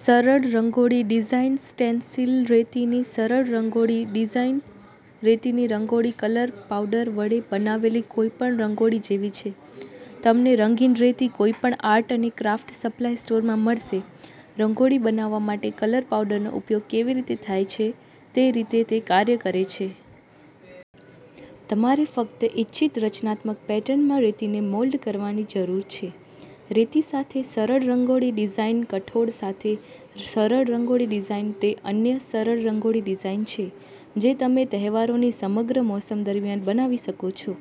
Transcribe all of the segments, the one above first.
સરળ રંગોળી ડિઝાઇનસ્ટેન્સિલરેતીની સરળ રંગોળી ડિઝાઇન રેતીની રંગોળી કલર પાવડર વડે બનાવેલી કોઈપણ રંગોળી જેવીછે. તમનેરંગીન રેતી કોઈપણ આર્ટ અને ક્રાફ્ટ સપ્લાય સ્ટોરમાં મળશે. રંગોળી બનાવવા માટે કલર પાવડરનો ઉપયોગ કેવી રીતે થાય છે તેરીતે તે કાર્ય કરે છે. તમારે ફક્ત ઇચ્છિત રચનાત્મક પેટર્નમાં રેતીને મોલ્ડ કરવાની જરૂર છે. રેતી સાથે સરળ રંગોળી ડિઝાઇનકઠોળ સાથે સરળ રંગોળી ડિઝાઇન તે અન્ય સરળ રંગોળી ડિઝાઇન છે જે તમે તહેવારોની સમગ્ર મોસમ દરમિયાન બનાવી શકો છો.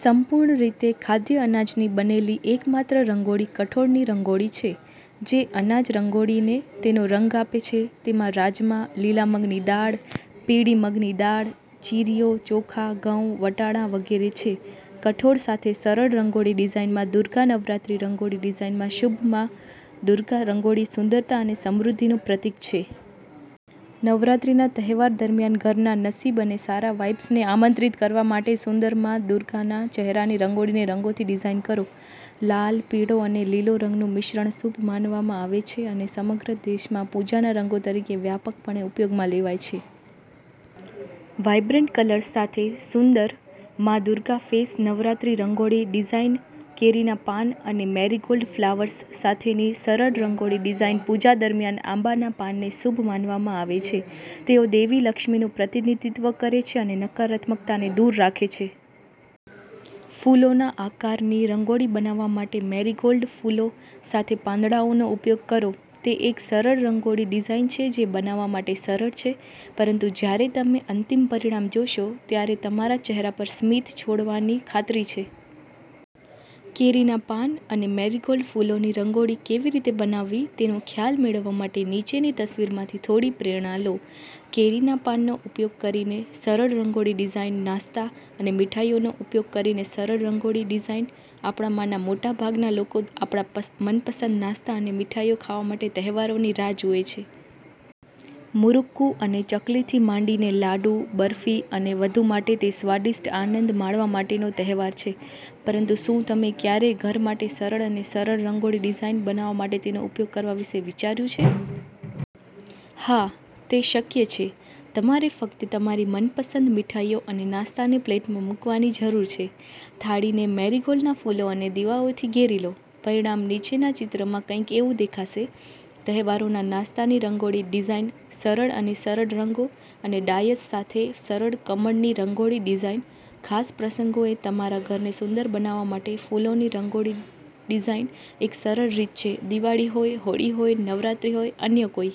સંપૂર્ણ રીતે ખાદ્ય અનાજની બનેલી એકમાત્ર રંગોળી કઠોળની રંગોળી છે. જે અનાજ રંગોળીને તેનો રંગ આપે છે તેમાં રાજમા, લીલા મગની દાળ, પીળી મગની દાળ, ચીરીઓ, ચોખા, ઘઉં, વટાણા વગેરે છે. કઠોળ સાથે સરળ રંગોળી ડિઝાઇનમા દુર્ગા નવરાત્રી રંગોળી ડિઝાઇનશુભ મા દુર્ગા રંગોળી સુંદરતા અને સમૃદ્ધિનું પ્રતિક છે. નવરાત્રીના તહેવાર દરમિયાન ઘરના નસીબ અને સારા વાઇબ્સને આમંત્રિત કરવા માટેસુંદર મા દુર્ગાના ચહેરાની રંગોળીને રંગોથી ડિઝાઇન કરો. લાલ, પીળો અને લીલો રંગનું મિશ્રણ શુભ માનવામાં આવે છે અને સમગ્ર દેશમાં પૂજાના રંગો તરીકે વ્યાપકપણે ઉપયોગમાં લેવાય છે. વાઇબ્રન્ટ કલર્સ સાથે સુંદર મા દુર્ગા ફેસ નવરાત્રી રંગોળી ડિઝાઇનકેરીના પાન અને મેરીગોલ્ડ ફ્લાવર્સ સાથેની સરળ રંગોળી ડિઝાઇન પૂજા દરમિયાન આંબાના પાનને શુભ માનવામાં આવે છે. તેઓ દેવી લક્ષ્મીનું પ્રતિનિધિત્વ કરે છે અને નકારાત્મકતાને દૂર રાખે છે. ફૂલોના આકારની રંગોળી બનાવવા માટે મેરીગોલ્ડ ફૂલો સાથેપાંદડાઓનો ઉપયોગ કરો. તે એક સરળ રંગોળી ડિઝાઇન છે જે બનાવવા માટે સરળ છે પરંતુ જ્યારે તમે અંતિમ પરિણામ જોશો ત્યારે તમારા ચહેરા પર સ્મિત છોડવાની ખાતરી છે. કેરીના પાન અને મેરીગોલ્ડ ફૂલોની રંગોળી કેવી રીતે બનાવવી તેનો ખ્યાલ મેળવવા માટે નીચેની તસવીરમાંથી થોડી પ્રેરણા લો. કેરીના પાનનો ઉપયોગ કરીને સરળ રંગોળી ડિઝાઇનનાસ્તા અને મીઠાઈઓનો ઉપયોગ કરીને સરળ રંગોળી ડિઝાઇન આપણામાંના મોટા ભાગના લોકો આપણા મનપસંદ નાસ્તા અને મીઠાઈઓ ખાવા માટે તહેવારોની રાહ જુએ છે. મુરુક્કુ અને ચકલીથી માંડીને લાડુ, બરફી અને વધુ માટે, તે સ્વાદિષ્ટ આનંદ માણવા માટેનો તહેવાર છે. પરંતુ શું તમે ક્યારેય ઘર માટે સરળ અને સરળ રંગોળી ડિઝાઇન બનાવવા માટે તેનો ઉપયોગ કરવા વિશે વિચાર્યું છે? હા, તે શક્ય છે. તમારે ફક્ત તમારી મનપસંદ મીઠાઈઓ અને નાસ્તાને પ્લેટમાં મૂકવાની જરૂર છે. થાળીને મેરીગોલ્ડના ફૂલો અને દીવાઓથી ઘેરી લો. પરિણામ નીચેના ચિત્રમાં કંઈક એવું દેખાશે. તહેવારોના નાસ્તાની રંગોળી ડિઝાઇનસરળ અને સરળરંગો અને ડાયસ સાથે સરળ કમળની રંગોળી ડિઝાઇન ખાસ પ્રસંગોએ તમારા ઘરને સુંદર બનાવવા માટે ફૂલોની રંગોળી ડિઝાઇનએક સરળ રીત છે. દિવાળી હોય, હોળી હોય, નવરાત્રી હોય, અન્ય કોઈ